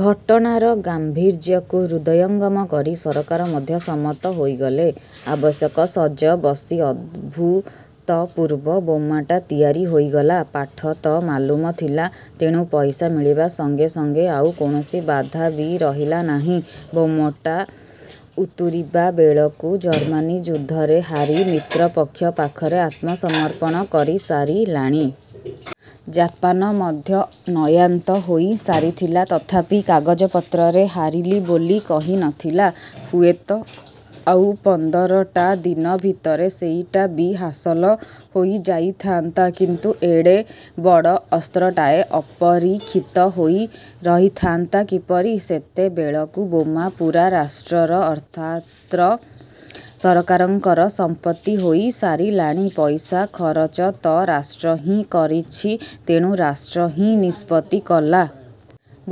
ଘଟଣାର ଗାମ୍ଭୀର୍ଯ୍ୟକୁ ହୃଦୟଙ୍ଗମ କରି ସରକାର ମଧ୍ୟ ସମ୍ମତ ହୋଇଗଲେ। ଆବଶ୍ୟକ ସଜ ବସି ଅଭୂତପୂର୍ବ ବୋମାଟା ତିଆରି ହୋଇଗଲା। ପାଠ ତ ମାଲୁମ ଥିଲା, ତେଣୁ ପଇସା ମିଳିବା ସଂଗେ ସଂଗେ ଆଉ କୌଣସି ବାଧା ବି ରହିଲା ନାହିଁ। ବୋମାଟା ଉତୁରିବା ବେଳକୁ ଜର୍ମାନୀ ଯୁଦ୍ଧରେ ହାରି ମିତ୍ରପକ୍ଷ ପାଖରେ ଆତ୍ମସମର୍ପଣ କରିସାରିଲାଣି। ଜାପାନ ମଧ୍ୟ ନୟାନ୍ତ ହୋଇ ସାରିଥିଲା, ତଥାପି କାଗଜପତ୍ରରେ ହାରିଲି ବୋଲି କହିନଥିଲା। ହୁଏତ ଆଉ ପନ୍ଦରଟା ଦିନ ଭିତରେ ସେଇଟା ବି ହାସଲ ହୋଇଯାଇଥାନ୍ତା କିନ୍ତୁ ଏଡ଼େ ବଡ଼ ଅସ୍ତ୍ରଟାଏ ଅପରୀକ୍ଷିତ ହୋଇ ରହିଥାନ୍ତା କିପରି? ସେତେବେଳକୁ ବୋମା ପୂରା ରାଷ୍ଟ୍ରର ଅର୍ଥାତ୍ର ସରକାରଙ୍କର ସମ୍ପତ୍ତି ହୋଇ ସାରିଲାଣି, ପଇସା ଖରଚ ତ ରାଷ୍ଟ୍ର ହିଁ କରିଛି, ତେଣୁ ରାଷ୍ଟ୍ର ହିଁ ନିଷ୍ପତ୍ତି କଲା।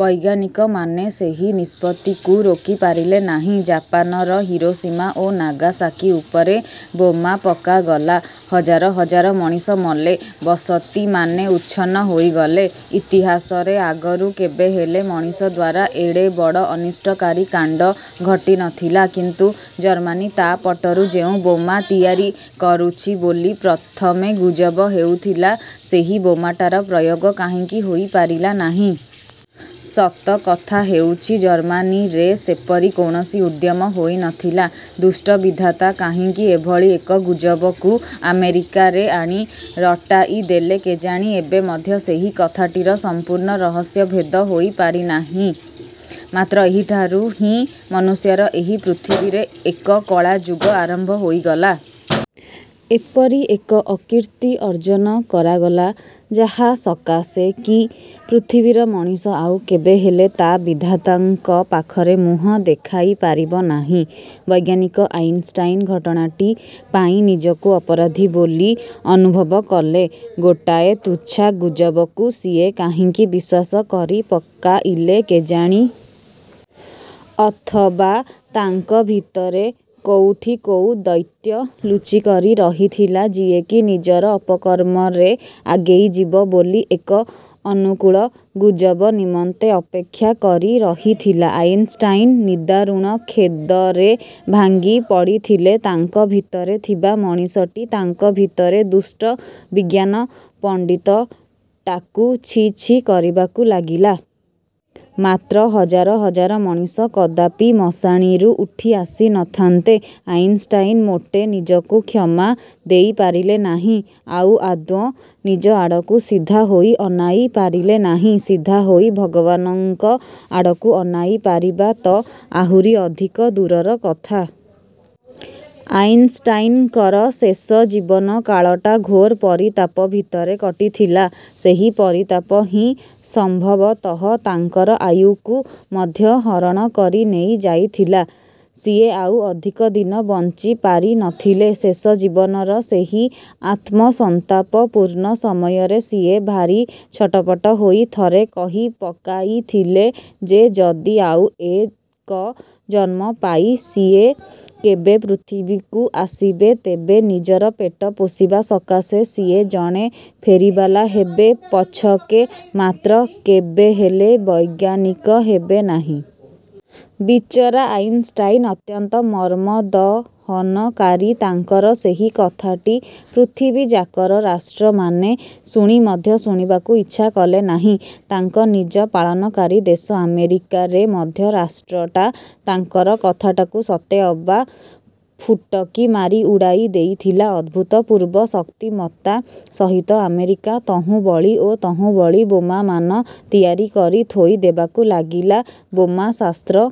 ବୈଜ୍ଞାନିକମାନେ ସେହି ନିଷ୍ପତ୍ତିକୁ ରୋକିପାରିଲେ ନାହିଁ। ଜାପାନର ହିରୋସୀମା ଏବଂ ନାଗାସାକୀ ଉପରେ ବୋମା ପକାଗଲା। ହଜାର ହଜାର ମଣିଷ ମଲେ, ବସତିମାନେ ଉଚ୍ଛନ୍ନ ହୋଇଗଲେ। ଇତିହାସରେ ଆଗରୁ କେବେହେଲେ ମଣିଷ ଦ୍ଵାରା ଏଡ଼େ ବଡ଼ ଅନିଷ୍ଟକାରୀ କାଣ୍ଡ ଘଟିନଥିଲା। କିନ୍ତୁ ଜର୍ମାନୀ ତା ପଟରୁ ଯେଉଁ ବୋମା ତିଆରି କରୁଛି ବୋଲି ପ୍ରଥମେ ଗୁଜବ ହେଉଥିଲା, ସେହି ବୋମାଟାର ପ୍ରୟୋଗ କାହିଁକି ହୋଇପାରିଲା ନାହିଁ? ସତକଥା ହେଉଛି, ଜର୍ମାନୀରେ ସେପରି କୌଣସି ଉଦ୍ୟମ ହୋଇନଥିଲା। ଦୁଷ୍ଟ ବିଧାତା କାହିଁକି ଏଭଳି ଏକ ଗୁଜବକୁ ଆମେରିକାରେ ଆଣି ରଟାଇଦେଲେ କେଜାଣି? ଏବେ ମଧ୍ୟ ସେହି କଥାଟିର ସମ୍ପୂର୍ଣ୍ଣ ରହସ୍ୟଭେଦ ହୋଇପାରି ନାହିଁ। ମାତ୍ର ଏହିଠାରୁ ହିଁ ମନୁଷ୍ୟର ଏହି ପୃଥିବୀରେ ଏକ କଳାଯୁଗ ଆରମ୍ଭ ହୋଇଗଲା। ଏପରି ଏକ ଅକୀର୍ତ୍ତି ଅର୍ଜନ କରାଗଲା, ଯାହାସକାଶେ କି ପୃଥିବୀର ମଣିଷ ଆଉ କେବେହେଲେ ତା ବିଧାତାଙ୍କ ପାଖରେ ମୁହଁ ଦେଖାଇ ପାରିବ ନାହିଁ। ବୈଜ୍ଞାନିକ ଆଇନଷ୍ଟାଇନ ଘଟଣାଟି ପାଇଁ ନିଜକୁ ଅପରାଧୀ ବୋଲି ଅନୁଭବ କଲେ। ଗୋଟାଏ ତୁଚ୍ଛା ଗୁଜବକୁ ସିଏ କାହିଁକି ବିଶ୍ୱାସ କରିପକାଇଲେ କେଜାଣି? ଅଥବା ତାଙ୍କ ଭିତରେ କୋଉଠି କୋଉ ଦୈତ୍ୟ ଲୁଚିକରି ରହିଥିଲା, ଯିଏକି ନିଜର ଅପକର୍ମରେ ଆଗେଇଯିବ ବୋଲି ଏକ ଅନୁକୂଳ ଗୁଜବ ନିମନ୍ତେ ଅପେକ୍ଷା କରି ରହିଥିଲା। ଆଇନଷ୍ଟାଇନ ନିଦାରୁଣ ଖେଦରେ ଭାଙ୍ଗି ପଡ଼ିଥିଲେ। ତାଙ୍କ ଭିତରେ ଥିବା ମଣିଷଟି ତାଙ୍କ ଭିତରେ ଦୁଷ୍ଟ ବିଜ୍ଞାନ ପଣ୍ଡିତଟାକୁ ଛି ଛି କରିବାକୁ ଲାଗିଲା। ମାତ୍ର, ହଜାର ହଜାର ମଣିଷ କଦାପି ମଶାଣିରୁ ଉଠି ଆସିନଥାନ୍ତେ। ଆଇନଷ୍ଟାଇନ ମୋଟେ ନିଜକୁ କ୍ଷମା ଦେଇପାରିଲେ ନାହିଁ । ଆଉ ଆଦୌ ନିଜ ଆଡ଼କୁ ସିଧାହୋଇ ଅନାଇ ପାରିଲେ ନାହିଁ। ସିଧାହୋଇ ଭଗବାନଙ୍କ ଆଡ଼କୁ ଅନାଇ ପାରିବା ତ ଆହୁରି ଅଧିକ ଦୂରର କଥା। ଆଇନଷ୍ଟାଇନଙ୍କର ଶେଷ ଜୀବନକାଳଟା ଘୋର ପରିତାପ ଭିତରେ କଟିଥିଲା। ସେହି ପରିତାପ ହିଁ ସମ୍ଭବତଃ ତାଙ୍କର ଆୟୁକୁ ମଧ୍ୟ ହରଣ କରି ନେଇ ଯାଇଥିଲା। ସିଏ ଆଉ ଅଧିକ ଦିନ ବଞ୍ଚି ପାରିନଥିଲେ। ଶେଷ ଜୀବନର ସେହି ଆତ୍ମସନ୍ତାପପୂର୍ଣ୍ଣ ସମୟରେ ସିଏ ଭାରି ଛଟପଟ ହୋଇ ଥରେ କହି ପକାଇଥିଲେ ଯେ ଯଦି ଆଉ ଏକ ଜନ୍ମ ପାଇ ସିଏ କେବେ ପୃଥିବୀକୁ ଆସିବେ ତେବେ ନିଜର ପେଟ ପୋଷିବା ସକାଶେ ସିଏ ଜଣେ ଫେରିବାଲା ହେବେ ପଛକେ ମାତ୍ର କେବେହେଲେ ବୈଜ୍ଞାନିକ ହେବେନାହିଁ। ବିଚରା ଆଇନଷ୍ଟାଇନ ଅତ୍ୟନ୍ତ ମର୍ମଦହନକାରୀ ତାଙ୍କର ସେହି କଥାଟି ପୃଥିବୀଯାକର ରାଷ୍ଟ୍ରମାନେ ଶୁଣି ମଧ୍ୟ ଶୁଣିବାକୁ ଇଚ୍ଛା କଲେନାହିଁ। ତାଙ୍କ ନିଜ ପାଳନକାରୀ ଦେଶ ଆମେରିକାରେ ମଧ୍ୟ ରାଷ୍ଟ୍ରଟା ତାଙ୍କର କଥାଟାକୁ ସତେ ଅବା ଫୁଟକି ମାରି ଉଡ଼ାଇ ଦେଇଥିଲା। ଅଭୂତପୂର୍ବ ଶକ୍ତିମତ୍ତା ସହିତ ଆମେରିକା ତହୁଁବଳି ଓ ତହୁଁବଳି ବୋମାମାନ ତିଆରି କରି ଥୋଇଦେବାକୁ ଲାଗିଲା। ବୋମା ଶାସ୍ତ୍ର